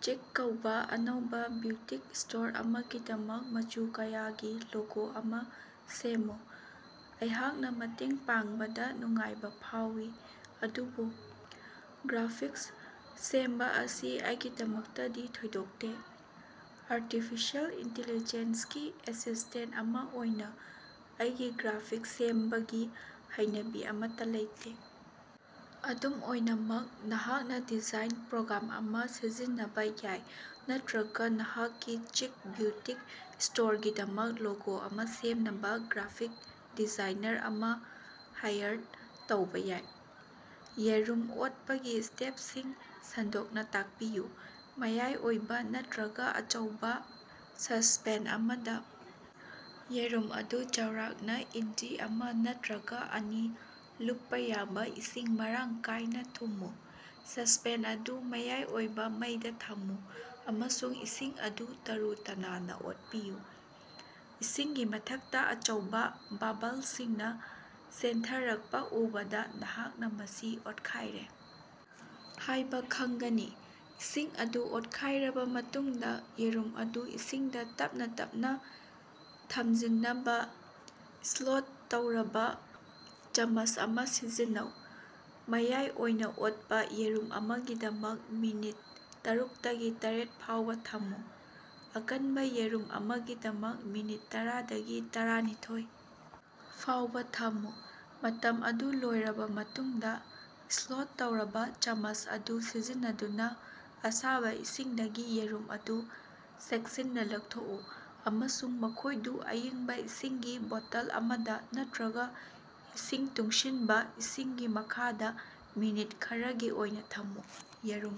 "ꯆꯤꯛ" ꯀꯧꯕꯥ ꯑꯅꯧꯕꯥ ꯕ꯭ꯌꯨꯇꯤꯛ ꯁ꯭ꯇꯣꯔ ꯑꯃꯒꯤꯗꯃꯛ ꯃꯆꯨ ꯀꯌꯥꯒꯤ ꯂꯣꯒꯣ ꯑꯃꯥ ꯁꯦꯝꯃꯨ꯫ ꯑꯩꯍꯥꯛꯅꯥ ꯃꯇꯦꯡ ꯄꯥꯡꯕꯗꯥ ꯅꯨꯡꯉꯥꯏꯕꯥ ꯐꯥꯎꯏ ꯑꯗꯨꯕꯨ ꯒ꯭ꯔꯥꯐꯤꯛꯁ ꯁꯦꯝꯕꯥ ꯑꯁꯤ ꯑꯩꯒꯤꯗꯃꯛꯇꯗꯤ ꯊꯣꯏꯊꯣꯛꯇꯦ꯫ ꯑꯔꯇꯤꯐꯤꯁꯦꯜ ꯏꯟꯇꯤꯂꯤꯖꯦꯟꯁꯒꯤ ꯑꯦꯁꯤꯁꯇꯦꯟ ꯑꯃꯥ ꯑꯣꯏꯅꯥ ꯑꯩꯒꯤ ꯒ꯭ꯔꯥꯐꯤꯛ ꯁꯦꯝꯕꯒꯤ ꯍꯩꯅꯕꯤ ꯑꯃꯠꯇꯥ ꯂꯩꯇꯦ꯫ ꯑꯗꯨꯝ ꯑꯣꯏꯅꯃꯛ, ꯅꯍꯥꯛꯅꯥ ꯗꯤꯖꯥꯏꯟ ꯄ꯭ꯔꯣꯒ꯭ꯔꯥꯝ ꯑꯃꯥ ꯁꯤꯖꯤꯟꯅꯕꯥ ꯌꯥꯏ ꯅꯠꯇ꯭ꯔꯒꯥ ꯅꯍꯥꯛꯀꯤ "ꯆꯤꯛ" ꯕ꯭ꯌꯨꯇꯤꯛ ꯁ꯭ꯇꯣꯔꯒꯤꯗꯃꯛ ꯂꯣꯒꯣ ꯑꯃꯥ ꯁꯦꯝꯅꯕꯥ ꯒ꯭ꯔꯥꯐꯤꯛ ꯗꯤꯖꯥꯏꯅꯔ ꯑꯃꯥ ꯍꯥꯏꯔ ꯇꯧꯕꯥ ꯌꯥꯏ꯫ ꯌꯦꯔꯨꯝ ꯑꯣꯠꯄꯒꯤ ꯁ꯭ꯇꯦꯞꯁꯤꯡ ꯁꯟꯗꯣꯛꯅꯥ ꯇꯥꯛꯄꯤꯌꯨ꯫ ꯃꯌꯥꯏ ꯑꯣꯏꯕꯥ ꯅꯠꯇ꯭ꯔꯒꯥ ꯑꯆꯧꯕꯥ ꯁꯁꯄꯦꯟ ꯑꯃꯗꯥ ꯌꯦꯔꯨꯝ ꯑꯗꯨ ꯆꯥꯎꯔꯥꯛꯅꯥ ꯏꯟꯆꯤ ꯑꯃꯥ ꯅꯠꯇ꯭ꯔꯒꯥ ꯑꯅꯤ ꯂꯨꯞꯄꯥ ꯌꯥꯕꯥ ꯏꯁꯤꯡ ꯃꯔꯥꯡ ꯀꯥꯏꯅꯥ ꯊꯝꯃꯨ꯫ ꯁꯁꯄꯦꯟ ꯑꯗꯨ ꯃꯌꯥꯏ ꯑꯣꯏꯕꯥ ꯃꯩꯗꯥ ꯊꯨꯝꯃꯨ ꯑꯃꯁꯨꯡ ꯏꯁꯤꯡ ꯑꯗꯨ ꯇꯔꯨ-ꯇꯅꯥꯟꯅꯥ ꯑꯣꯠꯄꯤꯌꯨ꯫ ꯏꯁꯤꯡꯒꯤ ꯃꯊꯛꯇꯥ ꯑꯆꯧꯕꯥ ꯕꯕꯜꯁꯤꯡꯅꯥ ꯆꯦꯟꯊꯔꯛꯄꯥ ꯎꯕꯗꯥ ꯅꯍꯥꯛꯅꯥ ꯃꯁꯤ ꯑꯣꯠꯈꯥꯏꯔꯦ ꯍꯥꯏꯕꯥ ꯈꯪꯒꯅꯤ꯫ ꯏꯁꯤꯡ ꯑꯗꯨ ꯑꯣꯠꯈꯥꯏꯔꯕꯥ ꯃꯇꯨꯡꯗꯥ, ꯌꯦꯔꯨꯝ ꯑꯗꯨ ꯏꯁꯤꯡꯗꯥ ꯇꯞꯅꯥ ꯇꯞꯅꯥ ꯊꯝꯖꯤꯟꯅꯕꯥ ꯁ꯭ꯂꯣꯠ ꯇꯧꯔꯕꯥ ꯆꯃꯁ ꯑꯃꯥ ꯁꯤꯖꯤꯟꯅꯧ꯫ ꯃꯌꯥꯏ ꯑꯣꯏꯅꯥ ꯑꯣꯠꯄꯥ ꯌꯦꯔꯨꯝ ꯑꯃꯒꯤꯗꯃꯛ, ꯃꯤꯅꯠ ꯇꯥꯔꯨꯛꯇꯒꯤ ꯇꯔꯦꯠ ꯐꯥꯎꯕꯥ ꯊꯝꯃꯨ꯫ ꯑꯀꯟꯕꯥ ꯌꯦꯔꯨꯝ ꯑꯃꯒꯤꯗꯃꯛ, ꯃꯤꯅꯠ ꯇꯔꯥꯗꯒꯤ ꯇꯔꯥꯅꯤꯊꯣꯏ ꯐꯥꯎꯕꯥ ꯊꯝꯃꯨ꯫ ꯃꯇꯝ ꯑꯗꯨ ꯂꯣꯏꯔꯕꯥ ꯃꯇꯨꯡꯗꯥ, ꯁ꯭ꯂꯣꯠ ꯇꯧꯔꯕꯥ ꯆꯃꯁ ꯑꯗꯨ ꯁꯤꯖꯤꯟꯅꯗꯨꯅꯥ ꯑꯁꯥꯕꯥ ꯏꯁꯤꯡꯗꯒꯤ ꯌꯦꯔꯨꯝ ꯑꯗꯨ ꯆꯦꯛꯁꯤꯟꯅꯥ ꯂꯧꯊꯣꯛꯎ ꯑꯃꯁꯨꯡ ꯃꯈꯣꯏꯗꯨ ꯑꯏꯪꯕꯥ ꯏꯁꯤꯡꯒꯤ ꯕꯣꯇꯜ ꯑꯃꯗꯥ ꯅꯠꯇ꯭ꯔꯒꯥ ꯏꯁꯤꯡ ꯇꯨꯡꯁꯤꯟꯕꯥ ꯏꯁꯤꯡꯒꯤ ꯃꯈꯥꯗꯥ ꯃꯤꯅꯤꯠ ꯈꯔꯒꯤ ꯑꯣꯏꯅꯥ ꯊꯝꯃꯨ꯫ ꯌꯦꯔꯨꯝ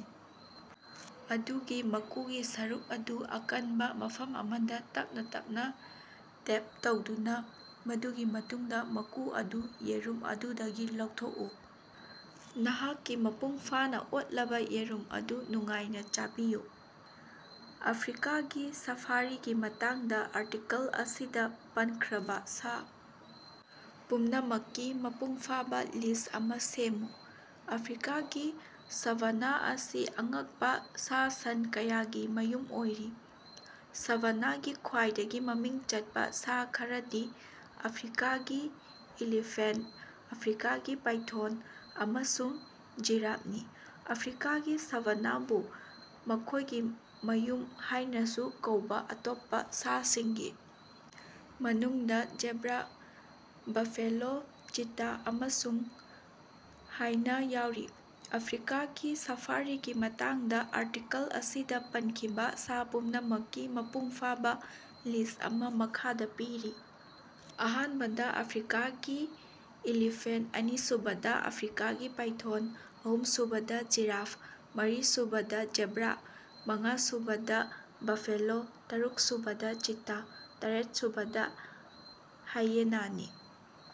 ꯑꯗꯨꯒꯤ ꯃꯀꯨꯒꯤ ꯁꯔꯨꯛ ꯑꯗꯨ ꯑꯀꯟꯕꯥ ꯃꯐꯝ ꯑꯃꯗꯥ ꯇꯞꯅꯥ ꯇꯞꯅꯥ ꯇꯦꯞ ꯇꯧꯗꯨꯅꯥ, ꯃꯗꯨꯒꯤ ꯃꯇꯨꯡꯗꯥ ꯃꯀꯨ ꯑꯗꯨ ꯌꯦꯔꯨꯝ ꯑꯗꯨꯗꯒꯤ ꯂꯧꯊꯣꯛꯎ꯫ ꯅꯍꯥꯛꯀꯤ ꯃꯄꯨꯡ ꯐꯥꯅꯥ ꯑꯣꯠꯂꯕꯥ ꯌꯦꯔꯨꯝ ꯑꯗꯨ ꯅꯨꯡꯉꯥꯏꯅꯥ ꯆꯥꯕꯤꯌꯨ꯫ ꯑꯐ꯭ꯔꯤꯀꯥꯒꯤ ꯁꯐꯥꯔꯤꯒꯤ ꯃꯇꯥꯡꯗꯥ ꯑꯥꯔꯇꯤꯀꯜ ꯑꯁꯤꯗꯥ ꯄꯟꯈ꯭ꯔꯤꯕꯥ ꯁꯥ ꯄꯨꯝꯅꯃꯛꯀꯤ ꯃꯄꯨꯡꯐꯥꯕꯥ ꯂꯤꯁ ꯑꯃꯥ ꯁꯦꯝꯃꯨ꯫ ꯑꯐ꯭ꯔꯤꯀꯥꯒꯤ ꯁꯥꯚꯥꯅꯥ ꯑꯁꯤ ꯑꯉꯛꯄꯥ ꯁꯥ-ꯁꯟ ꯀꯌꯥꯒꯤ ꯃꯌꯨꯝ ꯑꯣꯏꯔꯤ꯫ ꯁꯥꯚꯥꯅꯥꯒꯤ ꯈ꯭ꯋꯥꯏꯗꯒꯤ ꯃꯃꯤꯡ ꯆꯠꯄꯥ ꯁꯥ ꯈꯔꯗꯤ ꯑꯐ꯭ꯔꯤꯀꯥꯒꯤ ꯏꯂꯤꯐꯦꯟꯇ, ꯑꯐ꯭ꯔꯤꯀꯥꯒꯤ ꯄꯥꯏꯊꯣꯟ ꯑꯃꯁꯨꯡ ꯖꯤꯔꯥꯞꯅꯤ꯫ ꯑꯐ꯭ꯔꯤꯀꯥꯒꯤ ꯁꯥꯚꯥꯅꯥꯕꯨ ꯃꯈꯣꯏꯒꯤ ꯃꯌꯨꯝ ꯍꯥꯏꯅꯥꯁꯨ ꯀꯧꯕꯥ ꯑꯇꯣꯞꯄꯥ ꯁꯥꯁꯤꯡꯒꯤ ꯃꯅꯨꯡꯗꯥ ꯖꯦꯕ꯭ꯔꯥ, ꯕꯥꯐꯦꯂꯣ, ꯆꯤꯇꯥ ꯑꯃꯁꯨꯡ ꯍꯥꯏꯅꯥ ꯌꯥꯎꯔꯤ꯫ ꯑꯐ꯭ꯔꯤꯀꯥꯒꯤ ꯁꯐꯥꯔꯤꯒꯤ ꯃꯇꯥꯡꯗꯥ ꯑꯥꯔꯇꯤꯀꯜ ꯑꯁꯤꯗꯥ ꯄꯟꯈꯤꯕꯥ ꯁꯥ ꯄꯨꯝꯅꯃꯛꯀꯤ ꯃꯄꯨꯡ ꯐꯥꯕꯥ ꯂꯤꯁ ꯑꯃꯥ ꯃꯈꯥꯗꯥ ꯄꯤꯔꯤ: ꯑꯍꯥꯟꯕꯗ ꯑꯐ꯭ꯔꯤꯀꯥꯒꯤ ꯏꯂꯤꯐꯦꯟꯇ ꯑꯅꯤꯁꯨꯕꯗꯥ ꯑꯐ꯭ꯔꯤꯀꯥꯒꯤ ꯄꯥꯏꯊꯣꯟ ꯑꯍꯨꯝꯁꯨꯕꯗꯥ ꯖꯤꯔꯥꯐ ꯃꯥꯔꯤꯁꯨꯕꯗ ꯖꯦꯕ꯭ꯔꯥ ꯃꯉꯥ ꯁꯨꯕꯗꯥ ꯕꯐꯦꯂꯣ ꯇꯥꯔꯨꯛꯁꯨꯕꯗ ꯆꯤꯇꯥ ꯇꯔꯦꯠꯁꯨꯕꯗ ꯍꯥꯌꯦꯅꯥ ꯅꯤ꯫